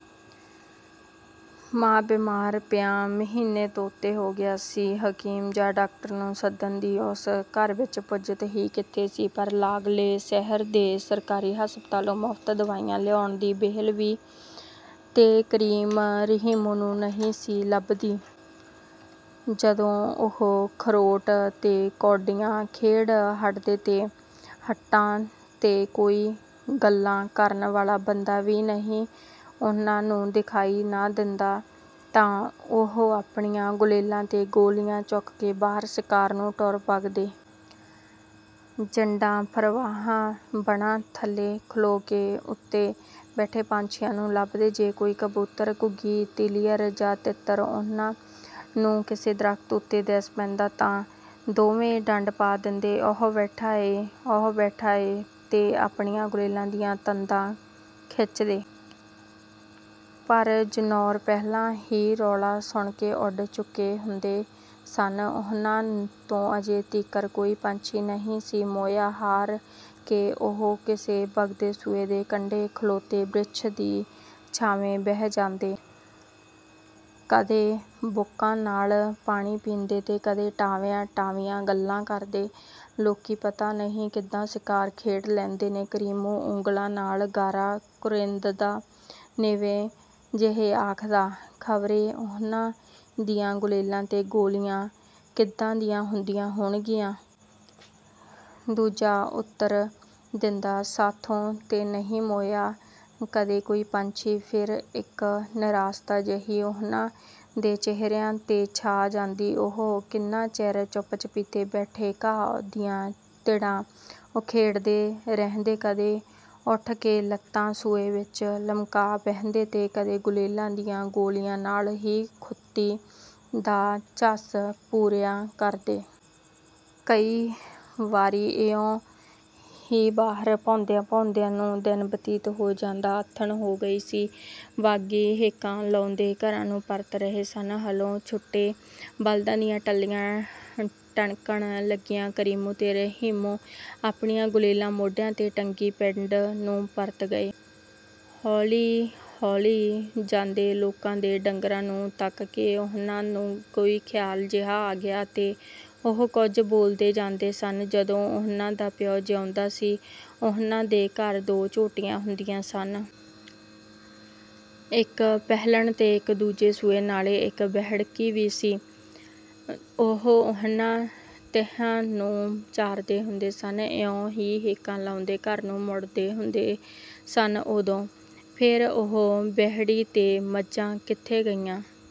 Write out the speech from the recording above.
ਮਾਂ ਬੀਮਾਰ ਪਿਆਂ ਮਹੀਨੇ ਤੋਂ ਉੱਤੇ ਹੋ ਗਿਆ ਸੀ। ਹਕੀਮ ਜਾਂ ਡਾਕਟਰ ਨੂੰ ਸੱਦਣ ਦੀ ਉਸ ਘਰ ਵਿਚ ਪੁੱਜਤ ਹੀ ਕਿਥੇ ਸੀ। ਪਰ ਲਾਗਲੇ ਸ਼ਹਿਰ ਦੇ ਸਰਕਾਰੀ ਹਸਪਤਾਲੋਂ ਮੁਫ਼ਤ ਦਵਾਈਆਂ ਲਿਆਉਣ ਦੀ ਵਿਹਲ ਵੀ ਤੇ ਕਰੀਮ-ਰਹੀਮੂ ਨੂੰ ਨਹੀਂ ਸੀ ਲਭਦੀ। ਜਦੋਂ ਉਹ ਖ਼ਰੋਟ ਤੇ ਕੌਡੀਆਂ ਖੇਡ ਹਟਦੇ ਤੇ ਹੱਟਾਂ ਤੇ ਕੋਈ ਗੱਲਾਂ ਕਰਨ ਵਾਲਾ ਬੰਦਾ ਵੀ ਉਨ੍ਹਾਂ ਨੂੰ ਦਿਖਾਈ ਨਾ ਦਿੰਦਾ ਤਾਂ ਉਹ ਆਪਣੀਆਂ ਗੁਲੇਲਾਂ ਤੇ ਗੋਲੀਆਂ ਚੁੱਕ ਕੇ ਬਾਹਰ ਸ਼ਿਕਾਰ ਨੂੰ ਟੁਰ ਵਗਦੇ। ਜੰਡਾਂ, ਫਰਵਾਹਾਂ, ਵਣਾਂ ਥੱਲੇ ਖਲੋ ਕੇ ਉੱਤੇ ਬੈਠੇ ਪੰਛੀਆਂ ਨੂੰ ਲਭਦੇ। ਜੇ ਕੋਈ ਕਬੂਤਰ, ਘੁੱਗੀ, ਤਿਲੀਅਰ ਜਾਂ ਤਿੱਤਰ ਉਨ੍ਹਾਂ ਨੂੰ ਕਿਸੇ ਦਰੱਖਤ ਉੱਤੇ ਦਿਸ ਪੈਂਦਾ ਤਾਂ ਦੋਵੇਂ ਡੰਡ ਪਾ ਦਿੰਦੇ, "ਔਹ ਬੈਠਾ ਏ, ਔਹ ਬੈਠਾ ਏ" ਤੇ ਆਪਣੀਆਂ ਗੁਲੇਲਾਂ ਦੀਆਂ ਤੰਦਾਂ ਖਿਚਦੇ। ਪਰ ਜਨੌਰ ਪਹਿਲਾਂ ਹੀ ਰੌਲਾ ਸੁਣ ਕੇ ਉੱਡ ਚੁੱਕੇ ਹੁੰਦੇ ਸਨ। ਉਨ੍ਹਾਂ ਤੋਂ ਅਜੇ ਤੀਕਰ ਕੋਈ ਪੰਛੀ ਨਹੀਂ ਸੀ ਮੋਇਆ। ਹਾਰ ਕੇ ਉਹ ਕਿਸੇ ਵਗਦੇ ਸੂਏ ਦੇ ਕੰਢੇ ਖਲੋਤੇ ਬ੍ਰਿਛ ਦੀ ਛਾਵੇਂ ਬਹਿ ਜਾਂਦੇ। ਕਦੇ ਬੁੱਕਾਂ ਨਾਲ ਪਾਣੀ ਪੀਂਦੇ ਤੇ ਕਦੇ ਟਾਵੀਆਂ ਟਾਵੀਆਂ ਗੱਲਾਂ ਕਰਦੇ। "ਲੋਕੀਂ ਪਤਾ ਨਹੀਂ ਕਿਦਾਂ ਸ਼ਿਕਾਰ ਖੇਡ ਲੈਂਦੇ ਨੇ," ਕਰੀਮੂ ਉਂਗਲਾਂ ਨਾਲ ਗਾਰਾ ਕੁਰੇਦਦਾ ਨਿਵੇਂ ਜਿਹੇ ਆਖਦਾ। ਖ਼ਬਰੇ ਉਨ੍ਹਾਂ ਦੀਆਂ ਗੁਲੇਲਾਂ ਤੇ ਗੋਲੀਆਂ ਕਿਦਾਂ ਦੀਆਂ ਹੁੰਦੀਆਂ ਹੋਣਗੀਆਂ? " ਦੂਜਾ ਉੱਤਰ ਦਿੰਦਾ। "ਸਾਥੋਂ ਤੇ ਨਹੀਂ ਮੋਇਆ ਕਦੇ ਕੋਈ ਪੰਛੀ। " ਫਿਰ ਇਕ ਨਿਰਾਸ਼ਤਾ ਜਿਹੀ ਉਨ੍ਹਾਂ ਦੇ ਚਿਹਰਿਆਂ ਤੇ ਛਾ ਜਾਂਦੀ। ਉਹ ਕਿੰਨਾਂ ਚਿਰ ਚੁੱਪ-ਚੁਪੀਤੇ ਬੈਠੇ ਘਾਹ ਦੀਆਂ ਤਿੜਾਂ ਉਖੇੜਦੇ ਰਹਿੰਦੇ। ਕਦੇ ਉੱਠ ਕੇ ਲੱਤਾਂ ਸੂਏ ਵਿਚ ਲਮਕਾ ਬਹਿੰਦੇ ਤੇ ਕਦੇ ਗੁਲੇਲਾਂ ਦੀਆਂ ਗੋਲੀਆਂ ਨਾਲ ਹੀ ਖੁੱਤੀ ਦਾ ਝੱਸ ਪੂਰਿਆਂ ਕਰਦੇ। ਕਈ ਵਾਰੀ ਇਉਂ ਹੀ ਬਾਹਰ ਭੌਂਦਿਆਂ-ਭੌਂਦਿਆਂ ਨੂੰ ਦਿਨ ਬਤੀਤ ਹੋ ਜਾਂਦਾ। ਆਥਣ ਹੋ ਗਈ ਸੀ। ਵਾਗੀ ਹੇਕਾਂ ਲਾਉਂਦੇ ਘਰਾਂ ਨੂੰ ਪਰਤ ਰਹੇ ਸਨ। ਹਲੋਂ-ਛੁੱਟੇ ਬਲਦਾਂ ਦੀਆਂ ਟੱਲੀਆਂ ਟਣਕਣ ਲੱਗੀਆਂ। ਕਰੀਮੂ ਤੇ ਰਹੀਮੂ ਆਪਣੀਆਂ ਗੁਲੇਲਾਂ ਮੋਢਿਆਂ ਤੇ ਟੰਗੀ ਪਿੰਡ ਨੂੰ ਪਰਤ ਗਏ। ਹੌਲੀ-ਹੌਲੀ ਜਾਂਦੇ ਲੋਕਾਂ ਦੇ ਡੰਗਰਾਂ ਨੂੰ ਤੱਕ ਕੇ ਉਨ੍ਹਾਂ ਨੂੰ ਕੋਈ ਖ਼ਿਆਲ ਜਿਹਾ ਆ ਗਿਆ ਤੇ ਉਹ ਕੁਝ ਬੋਲਦੇ ਜਾਂਦੇ ਸਨ। ਜਦੋਂ ਉਨ੍ਹਾਂ ਦਾ ਪਿਓ ਜੀਉਂਦਾ ਸੀ, ਉਨ੍ਹਾਂ ਦੇ ਘਰ ਦੋ ਝੋਟੀਆਂ ਹੁੰਦੀਆਂ ਸਨ। ਇਕ ਪਹਿਲਣ ਤੇ ਇਕ ਦੂਜੇ ਸੂਏ। ਨਾਲੇ ਇਕ ਵਹਿੜਕੀ ਵੀ ਸੀ। ਉਹ ਉਨ੍ਹਾਂ ਤਿਹਾਂ ਨੂੰ ਚਾਰਦੇ ਹੁੰਦੇ ਸਨ। ਇਉਂ ਹੀ ਹੇਕਾਂ ਲਾਉਂਦੇ ਘਰ ਨੂੰ ਮੁੜਦੇ ਹੁੰਦੇ ਸਨ ਉਦੋਂ। "ਫਿਰ ਉਹ ਵਹਿੜੀ ਤੇ ਮੱਝਾਂ ਕਿਥੇ ਗਈਆਂ? "